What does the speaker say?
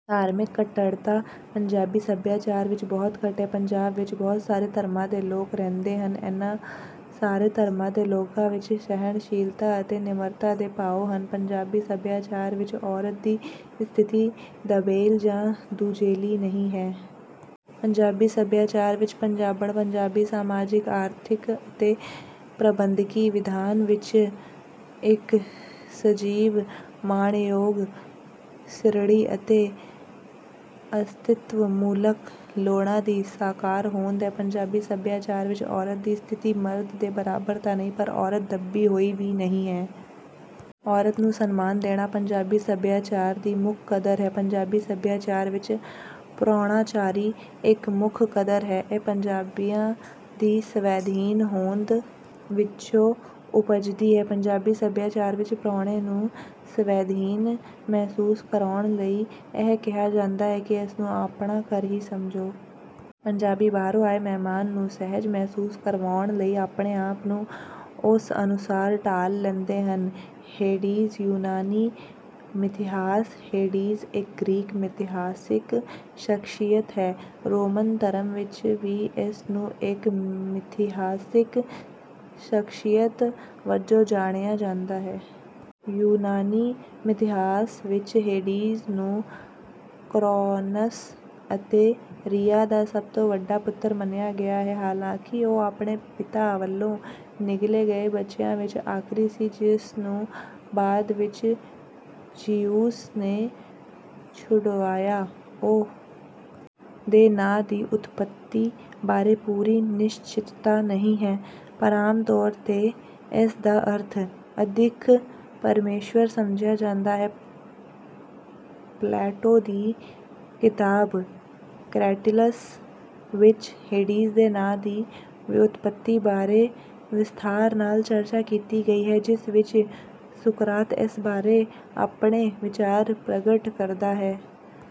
ਧਾਰਮਿਕ ਕੱਟੜਤਾ ਪੰਜਾਬੀ ਸਭਿਆਚਾਰ ਵਿੱਚ ਬਹੁਤ ਘੱਟ ਹੈ। ਪੰਜਾਬ ਵਿੱਚ ਬਹੁਤ ਸਾਰੇ ਧਰਮਾਂ ਦੇ ਲੋਕ ਰਹਿੰਦੇ ਹਨ। ਇਨ੍ਹਾਂ ਸਾਰੇ ਧਰਮਾਂ ਦੇ ਲੋਕਾਂ ਵਿੱਚ ਸਹਿਣਸ਼ੀਲਤਾ ਅਤੇ ਨਿਮਰਤਾ ਦੇ ਭਾਵ ਹਨ। ਪੰਜਾਬੀ ਸਭਿਆਚਾਰ ਵਿੱਚ ਔਰਤ ਦੀ ਸਥਿਤੀ ਦਬੇਲ ਜਾਂ ਦੂਜੇਲੀ ਨਹੀਂ ਹੈ। ਪੰਜਾਬੀ ਸਭਿਆਚਾਰ ਵਿੱਚ ਪੰਜਾਬਣ ਪੰਜਾਬੀ ਸਮਾਜਿਕ, ਆਰਥਿਕ ਅਤੇ ਪ੍ਰਬੰਧਕੀ ਵਿਧਾਨ ਵਿੱਚ ਇੱਕ ਸਜੀਵ, ਮਾਣਯੋਗ, ਸਿਰੜੀ ਅਤੇ ਅਸਤਿਤਵਮੂਲਕ ਲੋੜਾਂ ਦੀ ਸਾਕਾਰ ਹੋਂਦ ਹੈ। ਪੰਜਾਬੀ ਸਭਿਆਚਾਰ ਵਿੱਚ ਔਰਤ ਦੀ ਸਥਿਤੀ ਮਰਦ ਦੇ ਬਰਾਬਰ ਤਾਂ ਨਹੀਂ, ਪਰ ਔਰਤ ਦੱਬੀ ਹੋਈ ਵੀ ਨਹੀਂ ਹੈ। ਔਰਤ ਨੂੰ ਸਨਮਾਨ ਦੇਣਾ ਪੰਜਾਬੀ ਸਭਿਆਚਾਰ ਦੀ ਮੁੱਖ ਕਦਰ ਹੈ। ਪੰਜਾਬੀ ਸਭਿਆਚਾਰ ਵਿੱਚ ਪ੍ਰਾਹੁਣਾਚਾਰੀ ਇੱਕ ਮੁੱਖ ਕਦਰ ਹੈ। ਇਹ ਪੰਜਾਬੀਆਂ ਦੀ ਸਵੈਧੀਨ ਹੋਂਦ ਵਿੱਚੋਂ ਉਪਜਦੀ ਹੈ। ਪੰਜਾਬੀ ਸਭਿਆਚਾਰ ਵਿੱਚ ਪ੍ਰਾਹੁਣੇ ਨੂੰ ਸਵੈਧੀਨ ਮਹਿਸੂਸ ਕਰਵਾਉਣ ਲਈ ਇਹ ਕਿਹਾ ਜਾਂਦਾ ਹੈ ਕਿ, “ਇਸ ਨੂੰ ਆਪਣਾ ਘਰ ਹੀ ਸਮਝੋ।” ਪੰਜਾਬੀ ਬਾਹਰੋਂ ਆਏ ਮਹਿਮਾਨ ਨੂੰ ਸਹਿਜ ਮਹਿਸੂਸ ਕਰਵਾਉਣ ਲਈ ਆਪਣੇ ਆਪ ਨੂੰ ਉਸ ਅਨੁਸਾਰ ਢਾਲ ਲੈਂਦੇ ਹਨ। ਹੇਡੀਸ ਯੂਨਾਨੀ ਮਿਥਿਹਾਸ ਹੇਡੀਸ ਇੱਕ ਗ੍ਰੀਕ ਮਿਥਿਹਾਸਿਕ ਸ਼ਖ਼ਸੀਅਤ ਹੈ। ਰੋਮਨ ਧਰਮ ਵਿੱਚ ਵੀ ਇਸ ਨੂੰ ਇੱਕ ਮਿਥਿਹਾਸਿਕ ਸ਼ਖ਼ਸੀਅਤ ਵਜੋਂ ਜਾਣਿਆ ਜਾਂਦਾ ਹੈ। ਯੂਨਾਨੀ ਮਿਥਿਹਾਸ ਵਿੱਚ ਹੇਡੀਸ ਨੂੰ ਕਰੌਨਸ ਅਤੇ ਰੀਆ ਦਾ ਸਭ ਤੋਂ ਵੱਡਾ ਪੁੱਤਰ ਮੰਨਿਆ ਗਿਆ ਹੈ, ਹਾਲਾਂਕਿ ਉਹ ਆਪਣੇ ਪਿਤਾ ਵੱਲੋਂ ਨਿਗਲੇ ਗਏ ਬੱਚਿਆਂ ਵਿੱਚ ਆਖ਼ਰੀ ਸੀ ਜਿਸ ਨੂੰ ਬਾਅਦ ਵਿੱਚ ਜ਼ਿਊਸ ਨੇ ਛੁਡਵਾਇਆ। ਉਹ ਦੇ ਨਾਂ ਦੀ ਉਤਪੱਤੀ ਬਾਰੇ ਪੂਰੀ ਨਿਸ਼ਚਿਤਤਾ ਨਹੀਂ ਹੈ, ਪਰ ਆਮ ਤੌਰ ’ਤੇ ਇਸ ਦਾ ਅਰਥ “ਅਦਿੱਖ ਪਰਮੇਸ਼ੁਰ” ਸਮਝਿਆ ਜਾਂਦਾ ਹੈ। ਪਲੈਟੋ ਦੀ ਕਿਤਾਬ ਕ੍ਰੈਟੀਲਸ ਵਿੱਚ ਹੇਡੀਸ ਦੇ ਨਾਮ ਦੀ ਵਿਉਤਪੱਤੀ ਬਾਰੇ ਵਿਸਥਾਰ ਨਾਲ ਚਰਚਾ ਕੀਤੀ ਗਈ ਹੈ, ਜਿਸ ਵਿੱਚ ਸੁਕਰਾਤ ਇਸ ਬਾਰੇ ਆਪਣੇ ਵਿਚਾਰ ਪ੍ਰਗਟ ਕਰਦਾ ਹੈ।